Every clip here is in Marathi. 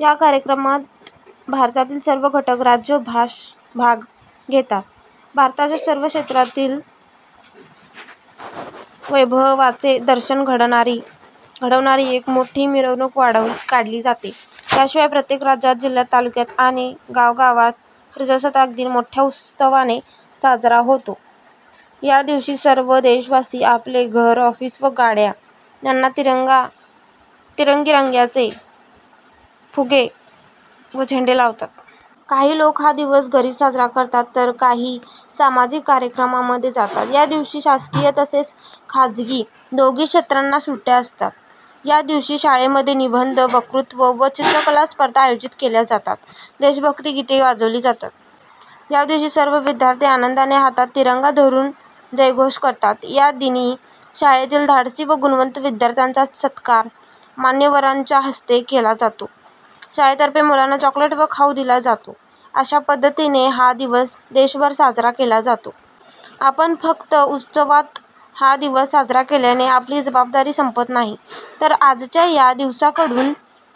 या कार्यक्रमात भारतातील सर्व घटक राज्य भाग घेतात. भारताच्या सर्व क्षेत्रातील वैभवाचे दर्शन घडवणारी एक मोठी मिरवणूक काढली जाते. याशिवाय प्रत्येक राज्यात, जिल्ह्यात, तालुक्यात व गावागावात प्रजासत्ताक दिन मोठ्या उत्साहाने साजरा होतो. या दिवशी सर्व देश वासी आपले घर, ऑफिस व गाड्या यांना तिरंगी रंगाचे फुगे व झेंडे लावतात. काही लोक हा दिवस घरीच साजरा करतात तर काही सामाजिक कार्यक्रमामध्ये जातात. या दिवशी शासकीय तसेच खासगी दोघी क्षेत्रांना सुट्या असतात. या दिवशी शाळेमध्ये निबंध, वक्तृत्व व चित्रकला स्पर्धा आयोजित केल्या जातात. देशभक्ती गीते वाजवली जातात. या दिवशी सर्व विद्यार्थी आनंदाने हातात तिरंगा धरून जयघोष करतात. या दिनी शाळेतील धाडसी व गुणवंत विद्यार्थ्यांचा सत्कार मान्यवरांच्या हस्ते केला जातो. शाळेतर्फे मुलांना चॉकलेट व खाऊ दिला जातो. अशा पद्धतीने हा दिवस देशभर साजरा केला जातो. पण फक्त उत्साहात हा दिवस साजरा केल्याने आपली जबाबदारी संपत नाही. तर आजच्या या दिवसाकडून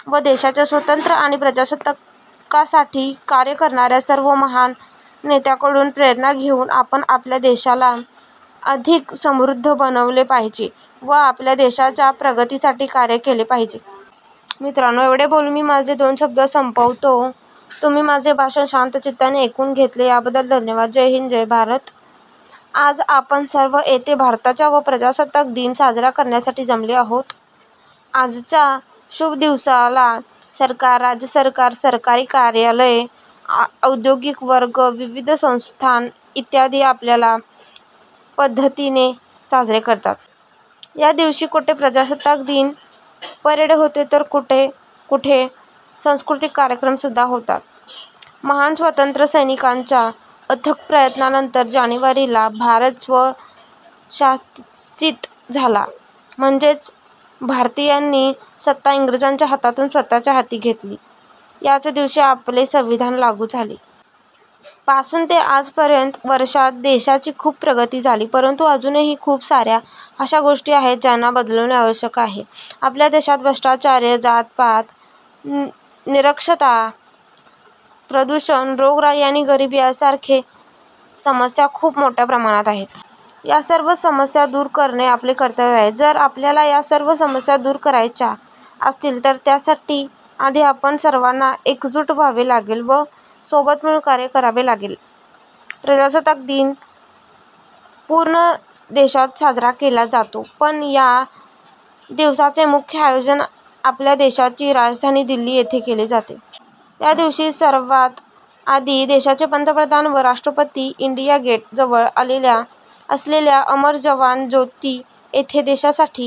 व देशाच्या स्वतंत्र आणि प्रजासत्ताकासाठी कार्य करणाऱ्या सर्व महान नेत्यांकडून प्रेरणा घेऊन आपण आपल्या देशाला अधिक समृध्द बनवले पाहिजे व आपल्या देशाच्या प्रगतीसाठी कार्य केले पाहिजे. मित्रानो एवढे बोलून मी माझे दोन शब्द संपवतो. तुम्ही माझे भाषण शांतचित्ताने ऐकून घेतले त्याबद्दल धन्यवाद. जय हिंद जय भारत.. आज आपण सर्व येथे भारताच्या वा प्रजासत्ताक दिन साजरा करण्यासाठी जमले आहेत. आजच्या शुभ दिवसाला सरकार, राज्य सरकार, सरकारी कार्यालय, औद्योगिक वर्ग, विविध संस्थांन इत्यादी आपापल्या पद्धतीने साजरा करतात. या दिवशी कुठे प्रजासत्ताक दिन परेड होते तर कुठ कुठे सांस्कृतिक कार्यक्रम सुद्धा होतात. महान स्वातंत्र्यसैनिकांच्या अथक प्रयत्नानंतर जानेवारी ला भारत स्व शासित झाला. म्हणजेच भारतीयांनी सत्ता इंग्रजांच्या हातून स्वतःच्या हाती घेतली. याच दिवशी आपले संविधान लागू झाले. पासून ते आजपर्यंत वर्षात देशाची खूप प्रगती झाली. परंतु अजूनही खूप साऱ्या अशा गोष्टी आहेत ज्याना बदलवणे आवश्यक आहे. आपल्या देशात भ्रष्टाचार, जात-पात, निरक्षरता, प्रदूषण, रोगराई आणि गरीबी सारखे समस्या खूप मोठ्या प्रमाणात आहेत. या सर्व समस्या दूर करणे आपले कर्तव्य आहे. जर आपल्याला या सर्व समस्या दूर करायच्या असतील तर त्यासाठी आधी आपण सर्वांना एकजूट व्हावे लागेल व सोबत मिळून कार्य करावे लागेल. प्रजासत्ताक दिन पूर्ण देशात साजरा केला जातो पण या दिवसाचे मुख्य आयोजन आपल्या देशाची राजधानी दिल्ली येथे केले जाते. या दिवशी सर्वात आधी देशाचे पंतप्रधान व राष्ट्रपती इंडिया गेट जवळ असलेल्या अमर जवान ज्योती येथे देशासाठी